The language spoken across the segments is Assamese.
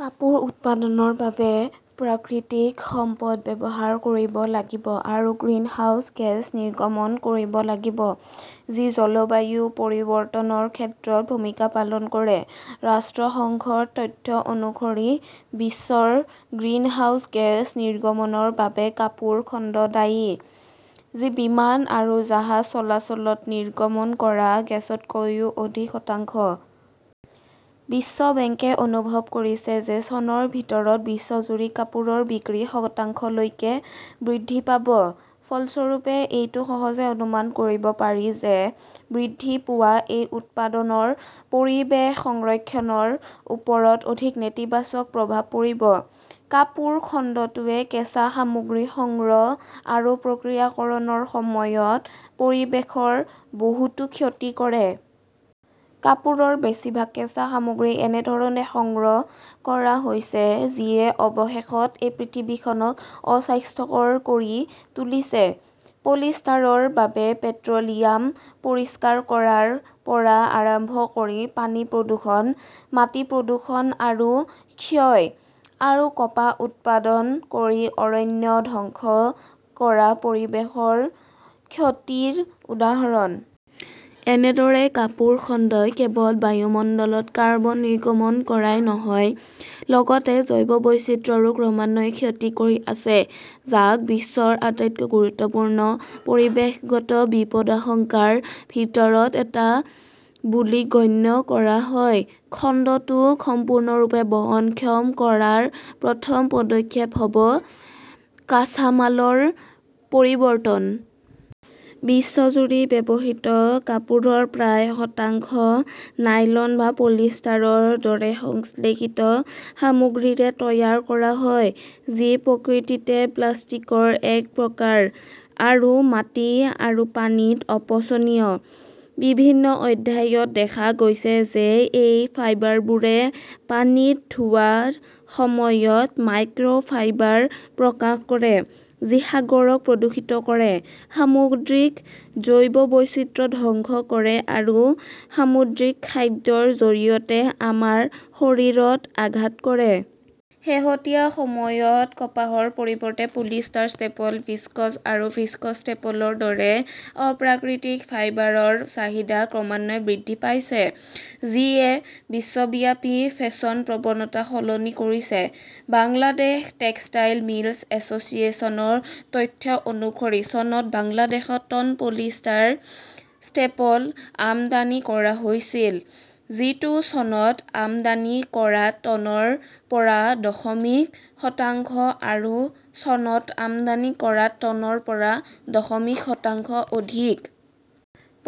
কাপোৰ উৎপাদনৰ বাবে প্ৰাকৃতিক সম্পদ ব্যৱহাৰ কৰিব লাগিব আৰু গ্ৰীণহাউছ গেছ নিৰ্গমন কৰিব লাগিব, যি জলবায়ু পৰিৱৰ্তনৰ ক্ষেত্ৰত ভূমিকা পালন কৰে। ৰাষ্ট্ৰসংঘৰ তথ্য অনুসৰি, বিশ্বৰ গ্ৰীণহাউছ গেছ নিৰ্গমনৰ বাবে কাপোৰ খণ্ড দায়ী, যি বিমান আৰু জাহাজ চলাচলত নিৰ্গমন কৰা গেছতকৈ অধিক, শতাংশ। বিশ্ব বেংকে অনুভৱ কৰিছে যে চনৰ ভিতৰত বিশ্বজুৰি কাপোৰৰ বিক্ৰী শতাংশলৈকে বৃদ্ধি পাব। ফলস্বৰূপে, এইটো সহজে অনুমান কৰিব পাৰি যে বৃদ্ধি পোৱা এই উৎপাদনৰ পৰিৱেশ সংৰক্ষণৰ ওপৰত অধিক নেতিবাচক প্ৰভাৱ পৰিব। কাপোৰ খণ্ডটোৱে কেঁচা সামগ্ৰী সংগ্ৰহ আৰু প্ৰক্ৰিয়াকৰণৰ সময়ত পৰিৱেশৰ বহুতো ক্ষতি কৰে। কাপোৰৰ বেছিভাগ কেঁচা সামগ্ৰী এনে ধৰণে সংগ্ৰহ কৰা হৈছে যিয়ে অৱশেষত এই পৃথিৱীখনক অস্বাস্থ্যকৰ কৰি তুলিছে। পলিষ্টাৰৰ বাবে পেট্ৰ "লিয়াম পৰিষ্কাৰ কৰাৰ পৰা আৰম্ভ কৰি পানী প্ৰদূষণ, মাটি প্ৰদূষণ আৰু ক্ষয় আৰু কপাহ উৎপাদন কৰি অৰণ্য ধ্বংস কৰা পৰিৱেশৰ ক্ষতিৰ উদাহৰণ। এনেদৰে কাপোৰ খণ্ডই কেৱল বায়ুমণ্ডলত কাৰ্বন নিৰ্গমন কৰাই নহয়, লগতে জৈৱ বৈচিত্ৰ্যৰো ক্ৰমান্বয়ে ক্ষতি কৰি আছে, যাক বিশ্বৰ আটাইতকৈ গুৰুত্বপূৰ্ণ পৰিৱেশগত বিপদাশংকাৰ ভিতৰত এটা বুলি গণ্য কৰা হয়। খণ্ডটোক সম্পূৰ্ণৰূপে বহনক্ষম কৰাৰ প্ৰথম পদক্ষেপ হ "ব কাঁচামালৰ পৰিৱৰ্তন। বিশ্বজুৰি ব্যৱহৃত কাপোৰৰ প্ৰায় শতাংশ নাইলন বা পলিষ্টাৰৰ দৰে সংশ্লেষিত সামগ্ৰীৰে তৈয়াৰ কৰা হয়, যি প্ৰকৃততে প্লাষ্টিকৰ এক প্ৰকাৰ আৰু মাটি আৰু পানীত অপচনীয়। বিভিন্ন অধ্যয়নত দেখা গৈছে যে এই ফাইবাৰবোৰে পানীত ধোৱাৰ সময়ত মাইক্ৰ "ফাইবাৰ প্ৰকাশ কৰে, যি সাগৰক প্ৰদূষিত কৰে; সামুদ্ৰিক জৈৱ বৈচিত্ৰ্য ধ্বংস কৰে আৰু সামুদ্ৰিক খাদ্যৰ জৰিয়তে আমাৰ শৰীৰত আঘাত কৰে। শেহতীয়া সময়ত কপাহৰ পৰিৱৰ্তে পলিষ্টাৰ ষ্টেপল, ভিস্কছ আৰু ভিস্কছ ষ্টেপলৰ দৰে অপ্ৰাকৃতিক ফাইবাৰৰ চাহিদা ক্ৰমান্বয়ে বৃদ্ধি পাইছে, যিয়ে বিশ্বব্যাপী ফেশ্বন প্ৰৱণতা সলনি কৰিছে। বাংলাদেশ টেক্সটাইল মিলছ এছ "চিয়েশ্যনৰ তথ্য অনুসৰি, চনত বাংলাদেশত টন পলিষ্টাৰ ষ্টেপল আমদানি কৰা হৈছিল, যিটো চনত আমদানি কৰা টনৰ পৰা দশমিক শতাংশ আৰু চনত আমদানি কৰা টনৰ পৰা দশমিক শতাংশ অধিক।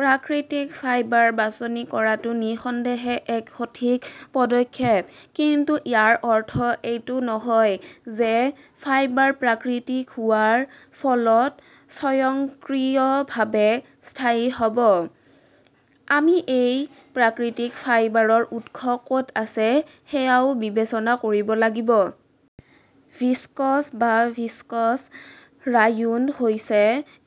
প্ৰাকৃতিক ফাইবাৰ বাছনি কৰাটো নিঃসন্দেহে এক সঠিক পদক্ষেপ। কিন্তু ইয়াৰ অৰ্থ এইটো নহয় যে ফাইবাৰ প্ৰাকৃতিক হোৱাৰ ফলত ই স্বয়ংক্ৰিয়ভাৱে স্থায়ী হ "ব। আমি এই প্ৰাকৃতিক ফাইবাৰৰ উৎস ক "ত আছে সেয়াও বিবেচনা কৰিব লাগিব। ভিস্কছ বা ভিস্কছ ৰায়োন হৈছে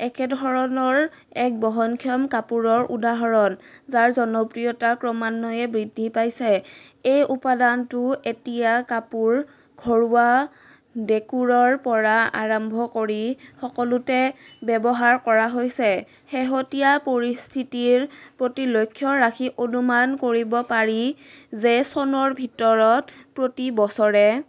একেধৰণৰ এক বহনক্ষম কাপোৰৰ উদাহৰণ, যাৰ জনপ্ৰিয়তা ক্ৰমান্বয়ে বৃদ্ধি পাইছে। এই উপাদানটো এতিয়া কাপোৰ, ঘৰুৱা দেকোৰৰ পৰা আৰম্ভ কৰি সকলোতে ব্যৱহাৰ কৰা হৈছে। শেহতীয়া পৰিস্থিতিৰ প্ৰতি লক্ষ্য ৰাখি অনুমান কৰিব পাৰি যে চনৰ ভিতৰত প্ৰতি বছৰে